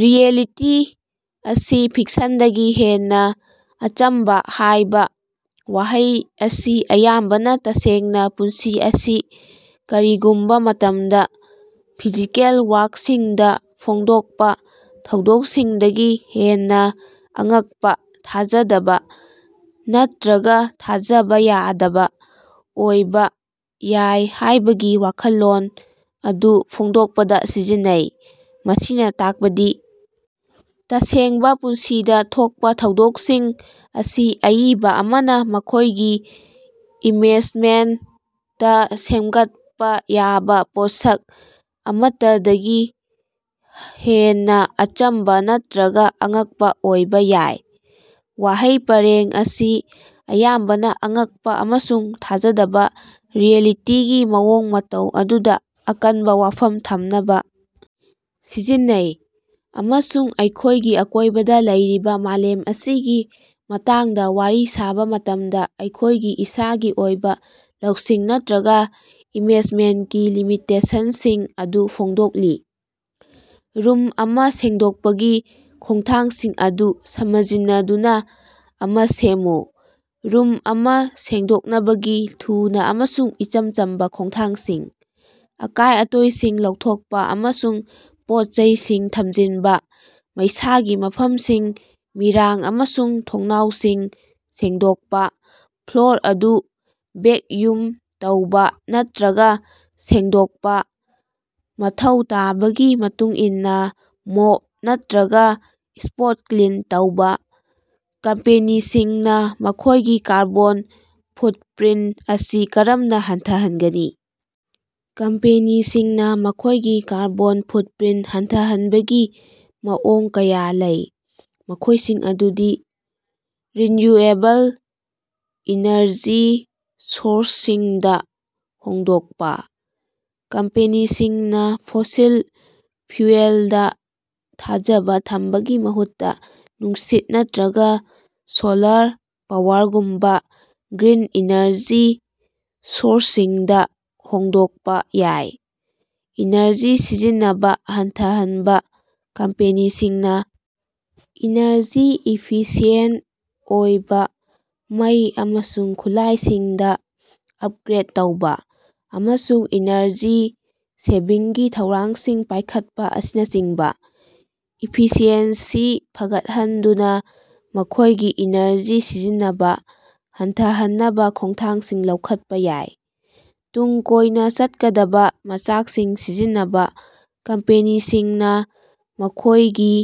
Reality ꯑꯁꯤ ꯐꯤꯛꯁꯟꯗꯒꯤ ꯍꯦꯟꯅꯥ ꯑꯆꯝꯕ ꯍꯥꯏꯕ ꯋꯥꯍꯩ ꯑꯁꯤ ꯑꯌꯥꯝꯕꯅ ꯇꯁꯦꯡꯅꯥ ꯄꯨꯟꯁꯤ ꯑꯁꯤ ꯀꯔꯤꯒꯨꯝꯕ ꯃꯇꯝꯗꯥ ꯐꯤꯖꯤꯀꯦꯜ ꯋꯥꯔꯛꯁꯤꯡꯗꯥ ꯐꯣꯡꯗꯣꯛꯄꯥ ꯊꯧꯗꯣꯛꯁꯤꯡꯗꯒꯤ ꯍꯦꯟꯅꯥ ꯑꯉꯛꯄꯥ, ꯊꯥꯖꯗꯕꯥ ꯅꯠꯇ꯭ꯔꯒꯥ ꯊꯥꯖꯕ ꯌꯥꯗꯕ ꯑꯣꯏꯕ ꯌꯥꯏ ꯍꯥꯏꯕꯒꯤ ꯋꯥꯈꯜꯂꯣꯟ ꯑꯗꯨ ꯐꯣꯡꯗꯣꯛꯄꯗꯥ ꯁꯤꯖꯤꯟꯅꯩ꯫ ꯃꯁꯤꯅ ꯇꯥꯛꯄꯗꯤ ꯇꯁꯦꯡꯕꯥ ꯄꯨꯟꯁꯤꯗꯥ ꯊꯣꯛꯄꯥ ꯊꯧꯗꯣꯛꯁꯤꯡ ꯑꯁꯤ ꯑꯏꯕꯥ ꯑꯃꯅ ꯃꯈꯣꯏꯒꯤ ꯏꯃꯦꯖꯃꯦꯟꯇꯥ ꯁꯦꯝꯒꯠꯄꯥ ꯌꯥꯕ ꯄꯣꯠꯁꯛ ꯑꯃꯠꯇꯗꯒꯤ ꯍꯦꯟꯅꯥ ꯑꯆꯝꯕꯥ ꯅꯠꯇ꯭ꯔꯒꯥ ꯑꯉꯛꯄꯥ ꯑꯣꯏꯕ ꯌꯥꯏ꯫ ꯋꯥꯍꯩ ꯄꯔꯦꯡ ꯑꯁꯤ ꯑꯌꯥꯝꯕꯅ ꯑꯉꯛꯄꯥ ꯑꯃꯁꯨꯡ ꯊꯥꯖꯗꯕꯥ ꯔꯤꯑꯦꯂꯤꯇꯤꯒꯤ ꯃꯑꯣꯡ ꯃꯇꯧ ꯑꯗꯨꯗꯥ ꯑꯀꯟꯕꯥ ꯋꯥꯐꯝ ꯊꯝꯅꯕꯥ ꯁꯤꯖꯤꯟꯅꯩ, ꯑꯃꯁꯨꯡ ꯑꯩꯈꯣꯏꯒꯤ ꯑꯀꯣꯏꯕꯗꯥ ꯂꯩꯔꯤꯕ ꯃꯥꯂꯦꯝ ꯑꯁꯤꯒꯤ ꯃꯇꯥꯡꯗ ꯋꯥꯔꯤ ꯁꯥꯕ ꯃꯇꯝꯗꯥ ꯑꯩꯈꯣꯏꯒꯤ ꯏꯁꯥꯒꯤ ꯑꯣꯏꯕ ꯂꯧꯁꯤꯡ ꯅꯠꯇ꯭ꯔꯒꯥ ꯏꯃꯦꯖꯃꯦꯟꯀꯤ ꯂꯤꯃꯤꯇꯦꯁꯟꯁꯤꯡ ꯑꯗꯨ ꯐꯣꯡꯗꯣꯛꯂꯤ꯫ ꯔꯨꯝ ꯑꯃ ꯁꯦꯡꯗꯣꯛꯄꯒꯤ ꯈꯣꯡꯊꯥꯡꯁꯤꯡ ꯑꯗꯨ ꯁꯃꯖꯤꯟꯅꯗꯨꯅꯥ ꯑꯃ ꯁꯦꯝꯃꯨ꯫ ꯔꯨꯝ ꯑꯃ ꯁꯦꯡꯗꯣꯛꯅꯕꯒꯤ ꯊꯨꯅꯥ ꯑꯃꯁꯨꯡ ꯏꯆꯝ ꯆꯝꯕꯥ ꯈꯣꯡꯊꯥꯡꯁꯤꯡ: ꯑꯀꯥꯏ-ꯑꯇꯣꯏꯁꯤꯡ ꯂꯧꯊꯣꯛꯄꯥ ꯑꯃꯁꯨꯡ ꯄꯣꯠ-ꯆꯩꯁꯤꯡ ꯊꯝꯖꯤꯟꯕꯥ ꯃꯩꯁꯥꯒꯤ ꯃꯐꯝꯁꯤꯡ ꯃꯤꯔꯥꯡ ꯑꯃꯁꯨꯡ ꯊꯣꯡꯅꯥꯎꯁꯤꯡ ꯁꯦꯡꯗꯣꯛꯄꯥ ꯐ꯭ꯂꯣꯔ ꯑꯗꯨ ꯚꯦꯛꯌꯨꯝ ꯇꯧꯕ ꯅꯠꯇ꯭ꯔꯒꯥ ꯁꯦꯡꯗꯣꯛꯄꯥ ꯫ꯃꯊꯧ ꯇꯥꯕꯒꯤ ꯃꯇꯨꯡꯏꯟꯅꯥ ꯃꯣꯞ ꯅꯠꯇ꯭ꯔꯒꯥ ꯁ꯭ꯄꯣꯠ ꯀ꯭ꯂꯤꯟ ꯇꯧꯕ꯫ ꯀꯝꯄꯦꯅꯤꯁꯤꯡꯅꯥ ꯃꯈꯣꯏꯒꯤ ꯀꯥꯔꯕꯣꯟ ꯐꯨꯠꯄ꯭ꯔꯤꯟ ꯑꯁꯤ ꯀꯔꯝꯅꯥ ꯍꯟꯊꯍꯟꯒꯅꯤ? ꯀꯝꯄꯦꯅꯤꯁꯤꯡꯅꯥ ꯃꯈꯣꯏꯒꯤ ꯀꯥꯔꯕꯣꯟ ꯐꯨꯠꯄ꯭ꯔꯤꯟ ꯍꯟꯊꯍꯟꯕꯒꯤ ꯃꯑꯣꯡ ꯀꯌꯥ ꯂꯩ, ꯃꯈꯣꯏꯁꯤꯡ ꯑꯗꯨꯗꯤ: ꯔꯤꯟꯌꯨꯑꯦꯕꯜ ꯏꯅꯔꯖꯤ ꯁꯣꯔꯁꯁꯤꯡꯗꯥ ꯍꯣꯡꯗꯣꯛꯄꯥ: ꯀꯝꯄꯦꯅꯤꯁꯤꯡꯅꯥ ꯐꯣꯁꯤꯜ ꯐ꯭ꯌꯨꯑꯦꯜꯗꯥ ꯊꯥꯖꯕ ꯊꯝꯕꯒꯤ ꯃꯍꯨꯠꯇꯥ ꯅꯨꯡꯁꯤꯠ ꯅꯠꯇ꯭ꯔꯒꯥ ꯁꯣꯂꯥꯔ ꯄꯥꯋꯔꯒꯨꯝꯕꯥ ꯒ꯭ꯔꯤꯟ ꯏꯅꯔꯖꯤ ꯁꯣꯔꯁꯁꯤꯡꯗꯥ ꯍꯣꯡꯗꯣꯛꯄ ꯌꯥꯏ꯫ ꯏꯅꯔꯖꯤ ꯁꯤꯖꯤꯟꯅꯕꯥ ꯍꯟꯊꯍꯟꯕꯥ: ꯀꯝꯄꯦꯅꯤꯁꯤꯡꯅꯥ ꯏꯅꯔꯖꯤ ꯏꯐꯤꯁꯤꯌꯦꯟ ꯑꯣꯏꯕ ꯃꯩ ꯑꯃꯁꯨꯡ ꯈꯨꯠꯂꯥꯏꯁꯤꯡꯗ ꯑꯞꯒ꯭ꯔꯦꯠ ꯇꯧꯕ, ꯑꯃꯁꯨꯡ ꯏꯅꯔꯖꯤ ꯁꯦꯚꯤꯡꯒꯤ ꯊꯧꯔꯥꯡꯁꯤꯡ ꯄꯥꯏꯈꯠꯄ ꯑꯁꯤꯅꯆꯤꯡꯕ ꯏꯐꯤꯁꯤꯑꯦꯟꯁꯤ ꯐꯒꯠꯍꯟꯗꯨꯅꯥ ꯃꯈꯣꯏꯒꯤ ꯏꯅꯔꯖꯤ ꯁꯤꯖꯤꯟꯅꯕꯥ ꯍꯟꯊꯍꯟꯅꯕꯥ ꯈꯣꯡꯊꯥꯡꯁꯤꯡ ꯂꯧꯈꯠꯄꯥ ꯌꯥꯏ꯫ ꯇꯨꯡ ꯀꯣꯏꯅꯥ ꯆꯠꯀꯗꯕꯥ ꯃꯆꯥꯛꯁꯤꯡ ꯁꯤꯖꯤꯟꯅꯕꯥ: ꯀꯝꯄꯦꯅꯤꯁꯤꯡꯅꯥ ꯃꯈꯣꯏꯒꯤ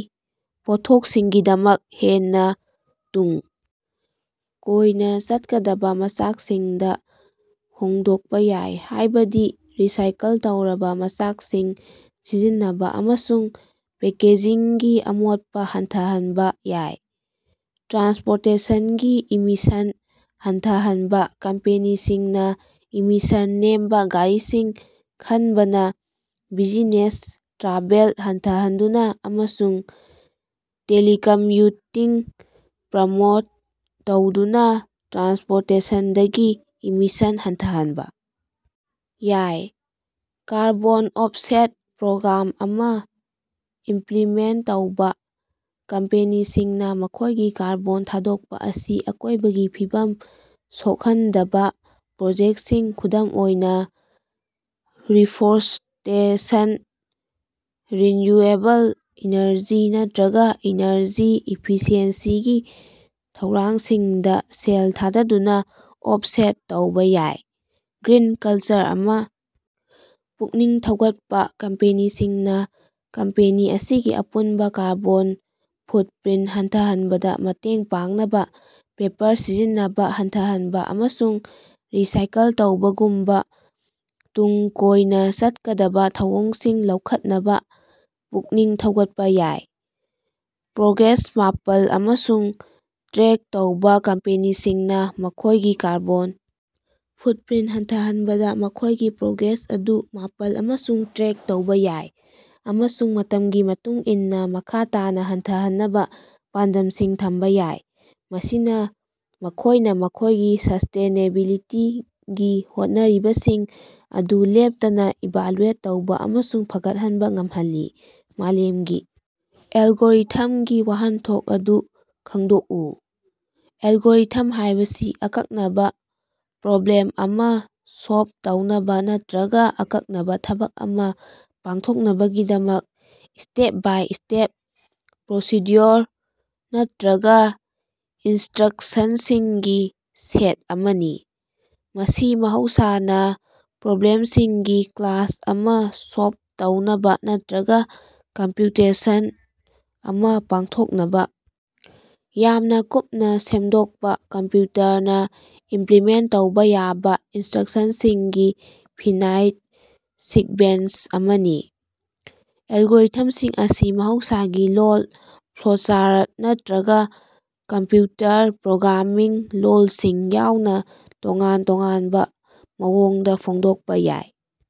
ꯄꯣꯠꯊꯣꯛꯁꯤꯡꯒꯤꯗꯃꯛ ꯍꯦꯟꯅꯥ ꯇꯨꯡ ꯀꯣꯏꯅꯥ ꯆꯠꯀꯗꯕꯥ ꯃꯆꯥꯛꯁꯤꯡꯗꯥ ꯍꯣꯡꯗꯣꯛꯄꯥ ꯌꯥꯏ, ꯍꯥꯏꯕꯗꯤ ꯔꯤꯁꯥꯏꯀꯜ ꯇꯧꯔꯕꯥ ꯃꯆꯥꯛꯁꯤꯡ ꯁꯤꯖꯤꯟꯅꯕꯥ, ꯑꯃꯁꯨꯡ ꯄꯦꯀꯦꯖꯤꯡꯒꯤ ꯑꯃꯣꯠꯄꯥ ꯍꯟꯊꯍꯟꯕꯥ ꯌꯥꯏ꯫ ꯇ꯭ꯔꯥꯟꯁꯄꯣꯔꯇꯦꯁꯟꯒꯤ ꯏꯃꯤꯁꯟ ꯍꯟꯊꯍꯟꯕꯥ: ꯀꯝꯄꯦꯅꯤꯁꯤꯡꯅꯥ ꯏꯃꯤꯁꯟ ꯅꯦꯝꯕꯥ ꯒꯥꯔꯤꯁꯤꯡ ꯈꯟꯕꯅꯥ, ꯕꯤꯖꯤꯅꯦꯁ ꯇ꯭ꯔꯥꯚꯦꯜ ꯍꯟꯊꯍꯟꯗꯨꯅꯥ, ꯑꯃꯁꯨꯡ ꯇꯦꯂꯤꯀꯝꯌꯨꯇꯤꯡ ꯄ꯭ꯔꯃꯣꯠ ꯇꯧꯗꯨꯅꯥ ꯇ꯭ꯔꯥꯟꯁꯄꯣꯔꯇꯦꯁꯟꯗꯒꯤ ꯏꯃꯤꯁꯟ ꯍꯟꯊꯍꯟꯕꯥ ꯌꯥꯏ꯫ ꯀꯥꯔꯕꯣꯟ ꯑꯣꯐꯁꯦꯠ ꯄ꯭ꯔꯣꯒ꯭ꯔꯥꯝ ꯑꯃ ꯏꯃꯄ꯭ꯂꯤꯃꯦꯟ ꯇꯧꯕ: ꯀꯝꯄꯦꯅꯤꯁꯤꯡꯅꯥ ꯃꯈꯣꯏꯒꯤ ꯀꯥꯔꯕꯣꯟ ꯊꯥꯗꯣꯛꯄꯥ ꯑꯁꯤ ꯑꯀꯣꯏꯕꯒꯤ ꯐꯤꯚꯝ ꯁꯣꯛꯍꯟꯗꯕꯥ ꯄ꯭ꯔꯣꯖꯦꯛꯁꯤꯡ, ꯈꯨꯗꯝ ꯑꯣꯏꯅ ꯔꯤꯐꯣꯔꯁ꯭ꯇꯦꯁꯟ, ꯔꯤꯟꯌꯨꯑꯦꯕꯜ ꯏꯅꯔꯖꯤ, ꯅꯠꯇ꯭ꯔꯒꯥ ꯏꯅꯔꯖꯤ ꯏꯐꯤꯁꯤꯑꯦꯟꯁꯤꯒꯤ ꯊꯧꯔꯥꯡꯁꯤꯡꯗꯥ ꯁꯦꯜ ꯊꯥꯗꯗꯨꯅꯥ ꯑꯣꯐꯁꯦꯠ ꯇꯧꯕ ꯌꯥꯏ꯫ ꯒ꯭ꯔꯤꯟ ꯀꯜꯆꯔ ꯑꯃ ꯄꯨꯛꯅꯤꯡ ꯊꯧꯒꯠꯄꯥ: ꯀꯝꯄꯦꯅꯤꯁꯤꯡꯅꯥ ꯀꯝꯄꯦꯅꯤ ꯑꯁꯤꯒꯤ ꯑꯄꯨꯟꯕꯥ ꯀꯥꯔꯕꯣꯟ ꯐꯨꯠꯄ꯭ꯔꯤꯟ ꯍꯟꯊꯍꯟꯕꯗꯥ ꯃꯇꯦꯡ ꯄꯥꯡꯅꯕ ꯄꯦꯄꯔ ꯁꯤꯖꯤꯟꯅꯕꯥ ꯍꯟꯊꯍꯟꯕꯥ ꯑꯃꯁꯨꯡ ꯔꯤꯁꯥꯏꯀꯜ ꯇꯧꯕꯒꯨꯝꯕꯥ ꯇꯨꯡ ꯀꯣꯏꯅꯥ ꯆꯠꯀꯗꯕꯥ ꯊꯧꯑꯣꯡꯁꯤꯡ ꯂꯧꯈꯠꯅꯕꯥ ꯄꯨꯛꯅꯤꯡ ꯊꯧꯒꯠꯄꯥ ꯌꯥꯏ꯫ ꯄ꯭ꯔꯣꯒ꯭ꯔꯦꯁ ꯃꯥꯄꯜ ꯑꯃꯁꯨꯡ ꯇ꯭ꯔꯦꯛ ꯇꯧꯕ: ꯀꯝꯄꯦꯅꯤꯁꯤꯡꯅꯥ ꯃꯈꯣꯏꯒꯤ ꯀꯥꯔꯕꯣꯟ ꯐꯨꯠꯄ꯭ꯔꯤꯟ ꯍꯟꯊꯍꯟꯕꯗꯥ ꯃꯈꯣꯏꯒꯤ ꯄ꯭ꯔꯣꯒ꯭ꯔꯦꯁ ꯑꯗꯨ ꯃꯥꯄꯜ ꯑꯃꯁꯨꯡ ꯇ꯭ꯔꯦꯛ ꯇꯧꯕ ꯌꯥꯏ, ꯑꯃꯁꯨꯡ ꯃꯇꯝꯒꯤ ꯃꯇꯨꯡ ꯏꯟꯅꯥ ꯃꯈꯥ ꯇꯥꯅꯥ ꯍꯟꯊꯍꯟꯅꯕꯥ ꯄꯥꯟꯗꯝꯁꯤꯡ ꯊꯝꯕꯥ ꯌꯥꯏ꯫ ꯃꯁꯤꯅ ꯃꯈꯣꯏꯅ ꯃꯈꯣꯏꯒꯤ ꯁꯁ꯭ꯇꯦꯅꯦꯕꯤꯂꯤꯇꯤꯒꯤ ꯍꯣꯠꯅꯔꯤꯕꯁꯤꯡ ꯑꯗꯨ ꯂꯦꯞꯇꯅꯥ ꯏꯚꯥꯂꯨꯑꯦꯠ ꯇꯧꯕ ꯑꯃꯁꯨꯡ ꯐꯒꯠꯍꯟꯕꯥ ꯉꯝꯍꯜꯂꯤ꯫ ꯃꯥꯂꯦꯝꯒꯤ 'ꯑꯦꯜꯒꯣꯔꯤꯊꯝ'ꯒꯤ ꯋꯥꯍꯟꯊꯣꯛ ꯑꯗꯨ ꯈꯪꯗꯣꯛꯎ꯫ ꯑꯦꯜꯒꯣꯔꯤꯊꯝ ꯍꯥꯏꯕꯁꯤ ꯑꯀꯛꯅꯕꯥ ꯄ꯭ꯔꯣꯕ꯭ꯂꯦꯝ ꯑꯃ ꯁꯣꯜꯕ ꯇꯧꯅꯕꯥ ꯅꯠꯇ꯭ꯔꯒꯥ ꯑꯀꯛꯅꯕꯥ ꯊꯕꯛ ꯑꯃ ꯄꯥꯡꯊꯣꯛꯅꯕꯒꯤꯗꯃꯛ ꯁ꯭ꯇꯦꯞ-ꯕꯥꯏ-ꯁ꯭ꯇꯦꯞ ꯄ꯭ꯔꯣꯁꯤꯗ꯭ꯌꯨꯑꯣꯔ ꯅꯠꯇ꯭ꯔꯒꯥ ꯏꯟꯁꯇ꯭ꯔꯛꯁꯟꯁꯤꯡꯒꯤ ꯁꯦꯠ ꯑꯃꯅꯤ꯫ ꯃꯁꯤ ꯃꯍꯧꯁꯥꯅ ꯄ꯭ꯔꯣꯕ꯭ꯂꯦꯝꯁꯤꯡꯒꯤ ꯀ꯭ꯂꯥꯁ ꯑꯃ ꯁꯣꯜꯕ ꯇꯧꯅꯕꯥ ꯅꯠꯇ꯭ꯔꯒꯥ ꯀꯝꯄ꯭ꯌꯨꯇꯦꯁꯟ ꯑꯃ ꯄꯥꯡꯊꯣꯛꯅꯕꯥ ꯌꯥꯝꯅ ꯀꯨꯞꯅꯥ ꯁꯦꯝꯗꯣꯛꯄꯥ, ꯀꯝꯄ꯭ꯌꯨꯇꯔꯅꯥ ꯏꯝꯄ꯭ꯂꯤꯃꯦꯟ ꯇꯧꯕ ꯌꯥꯕ ꯏꯟꯁꯇ꯭ꯔꯛꯁꯟꯁꯤꯡꯒꯤ ꯐꯤꯅꯥꯏꯠ ꯁꯤꯛꯕꯦꯟꯁ ꯑꯃꯅꯤ꯫ ꯑꯦꯜꯒꯣꯔꯤꯊꯝꯁꯤꯡ ꯑꯁꯤ ꯃꯍꯧꯁꯥꯒꯤ ꯂꯣꯜ, ꯐ꯭ꯂꯣꯆꯥꯔꯠ ꯅꯠꯇ꯭ꯔꯒꯥ ꯀꯝꯄ꯭ꯌꯨꯇꯔ ꯄ꯭ꯔꯣꯒ꯭ꯔꯥꯃꯤꯡ ꯂꯣꯜꯁꯤꯡ ꯌꯥꯎꯅ ꯇꯣꯉꯥꯟ ꯇꯣꯉꯥꯟꯕ ꯃꯑꯣꯡꯗ ꯐꯣꯡꯗꯣꯛꯄꯥ ꯌꯥꯏ꯫